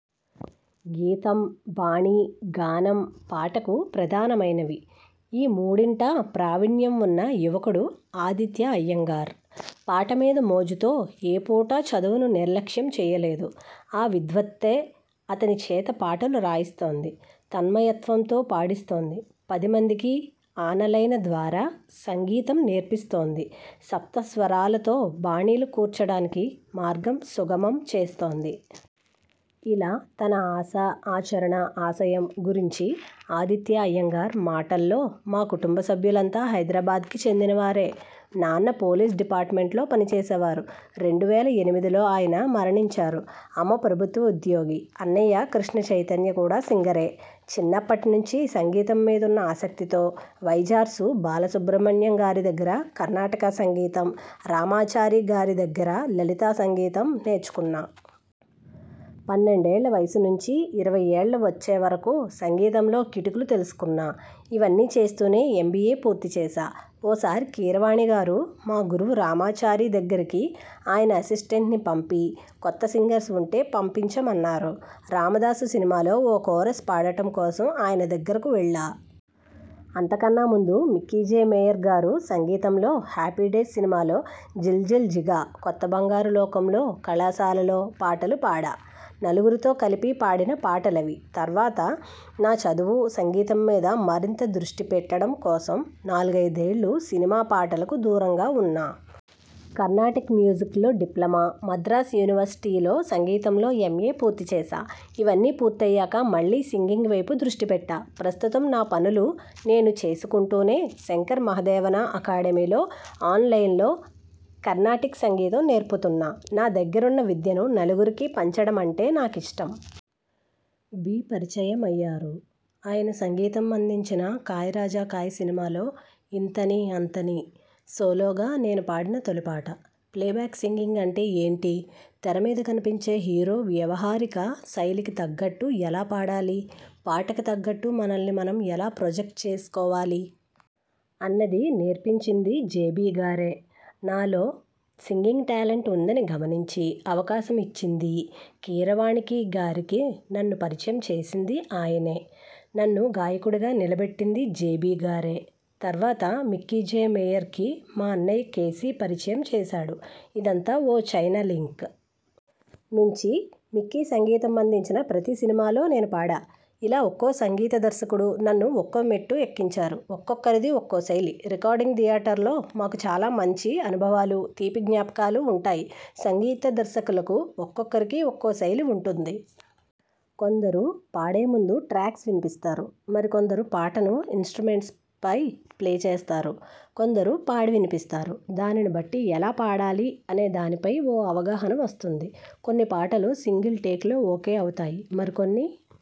గీతం, బాణీ, గానంపాటకు ప్రధానమైనవి. ఈ మూడింట ప్రావీణ్యం ఉన్న యువకుడు ఆదిత్యా అయ్యంగార్. పాట మీద మోజుతో ఏ పూటా చదువును నిర్లక్ష్యం చెయ్యలేదు. ఆ విద్వత్తే.. అతని చేత పాటలు రాయిస్తోంది. తన్మయత్వంతో పాడిస్తోంది. పదిమందికి ఆనలైన ద్వారా సంగీతం నేర్పిస్తోంది. సప్తస్వరాలతో బాణీలు కూర్చడానికి మార్గం సుగమం చేస్తోంది. ఇలా తన ఆశ, ఆచరణ, ఆశయం గురించి ఆదిత్యా అయ్యంగార్ మాటల్లోమా కుటుంబ సభ్యులంతా హైదరాబాద్కి చెందినవారే. నాన్న పోలీస్ డిపార్ట్మెంట్లో పని చేసేవారు. రెండు వేల ఎనిమిదిలో ఆయన మరణించారు. అమ్మ ప్రభుత్వ ఉద్యోగి. అన్నయ్య కృష్ణ చైతన్య. కూడా సింగరే. చిన్నప్పటి నుంచి సంగీతం మీదున్న ఆసక్తితో వైజార్సు బాలసుబ్రహ్మణ్యంగారి దగ్గర కర్ణాటక సంగీతం, రామాచారిగారి దగ్గర లలిత సంగీతం నేర్చుకున్నా. పన్నెండేళ్ల వయసు నుంచి ఇరవై ఏళ్లు వచ్చేవరకు సంగీతంలో కిటుకులు తెలుసుకున్నా. ఇవన్నీ చేస్తూనే ఎం. బి. ఏ పూర్తి చేశా. ఓసారి కీరవాణిగారు మా గురువు రామాచారి దగ్గరికి ఆయన అసిస్టెంట్ని పంపి కొత్త సింగర్స్ ఉంటే పంపించమన్నారు. రామదాసు సినిమాలో ఓ కోరస్ పాడటం కోసం ఆయన దగ్గరకు వెళ్లా. అంతకన్నా ముందు మిక్కీ. జె. మేయర్గారు సంగీతంలో హ్యాపీడేస్ సినిమాలో జిల్జిల్ జిగా.., కొత్తబంగారు లోకం లో కళాశాలలో.. పాటలు పాడా. నలుగురితో కలిపి పాడిన పాటలవి. తర్వాత నా చదువు, సంగీతం మీద మరింత దృష్టి పెట్టడం కోసం నాలుగైదేళ్లు సినిమా పాటలకు దూరంగా ఉన్నా. కర్ణాటిక్ మ్యూజిక్లో డిప్లొమా, మద్రాస్ యూనివర్శిటీలో సంగీతంలో ఎం. ఎ పూర్తి చేశా. ఇవన్నీ పూర్తయ్యాక మళ్లీ సింగింగ్ వైపు దృష్టిపెట్టా. ప్రస్తుతం నా పనులు నేను చేసుకుంటూనే శంకర్ మహాదేవన అకాడమీలో ఆనలైనలో కర్ణాటిక్ సంగీతం నేర్పుతున్నా. నా దగ్గరున్న విద్యను నలుగురికి పంచడమంటే నాకిష్టం. బి పరిచయమయ్యారు. ఆయన సంగీతం అందించిన కాయ్ రాజా కాయ్ సినిమాలో ఇంతని అంతని.. సోలోగా నేను పాడిన తొలి పాట. ప్లేబ్యాక్ సింగింగ్ అంటే ఏంటి? తెర మీద కనిపించే హీరో వ్యావహారిక శైలికి తగ్గట్టు ఎలా పాడాలి? పాటకు తగ్గట్టు మనల్ని మనం ఎలా ప్రొజెక్ట్ చేసుకోవాలి? అన్నది నేర్పించింది జె. బిగారే. నాలో సింగింగ్ టాలెంట్ ఉందని గమనించి అవకాశం ఇచ్చిందీ, కీరవాణికిగారికి నన్ను పరిచయం చేసిందీ ఆయనే. నన్ను గాయకుడిగా నిలబెట్టింది జె. బి. గారే. తర్వాత మిక్కీ. జె. మేయర్కి మా అన్నయ్య కె. సి పరిచయం చేశాడు. ఇదంతా ఓ చైన లింక్. నుంచి మిక్కీ సంగీతం అందించిన ప్రతి సినిమాలో నేను పాడా. ఇలా ఒక్కో సంగీత దర్శకుడు నన్ను ఒక్కో మెట్టు ఎక్కించారు. ఒక్కొక్కరిది ఒక్కో శైలి.. రికార్డింగ్ థియేటర్లో మాకు చాలా మంచి అనుభవాలు, తీపి జ్ఞాపకాలు ఉంటాయి. సంగీత దర్శకులకు ఒక్కొక్కరికి ఒక్కో శైలి ఉంటుంది. కొందరు పాడే ముందు ట్రాక్స్ వినిపిస్తారు. మరికొందరు పాటను ఇనసు్ట్రమెంట్పై ప్లే చేస్తారు. కొందరు పాడి వినిపిస్తారు. దానిని బట్టి ఎలా పాడాలి అనేదానిపై ఓ అవగాహన వస్తుంది. కొన్ని పాటలు సింగిల్ టేక్లో ఓకే అవుతాయి. మరికొన్ని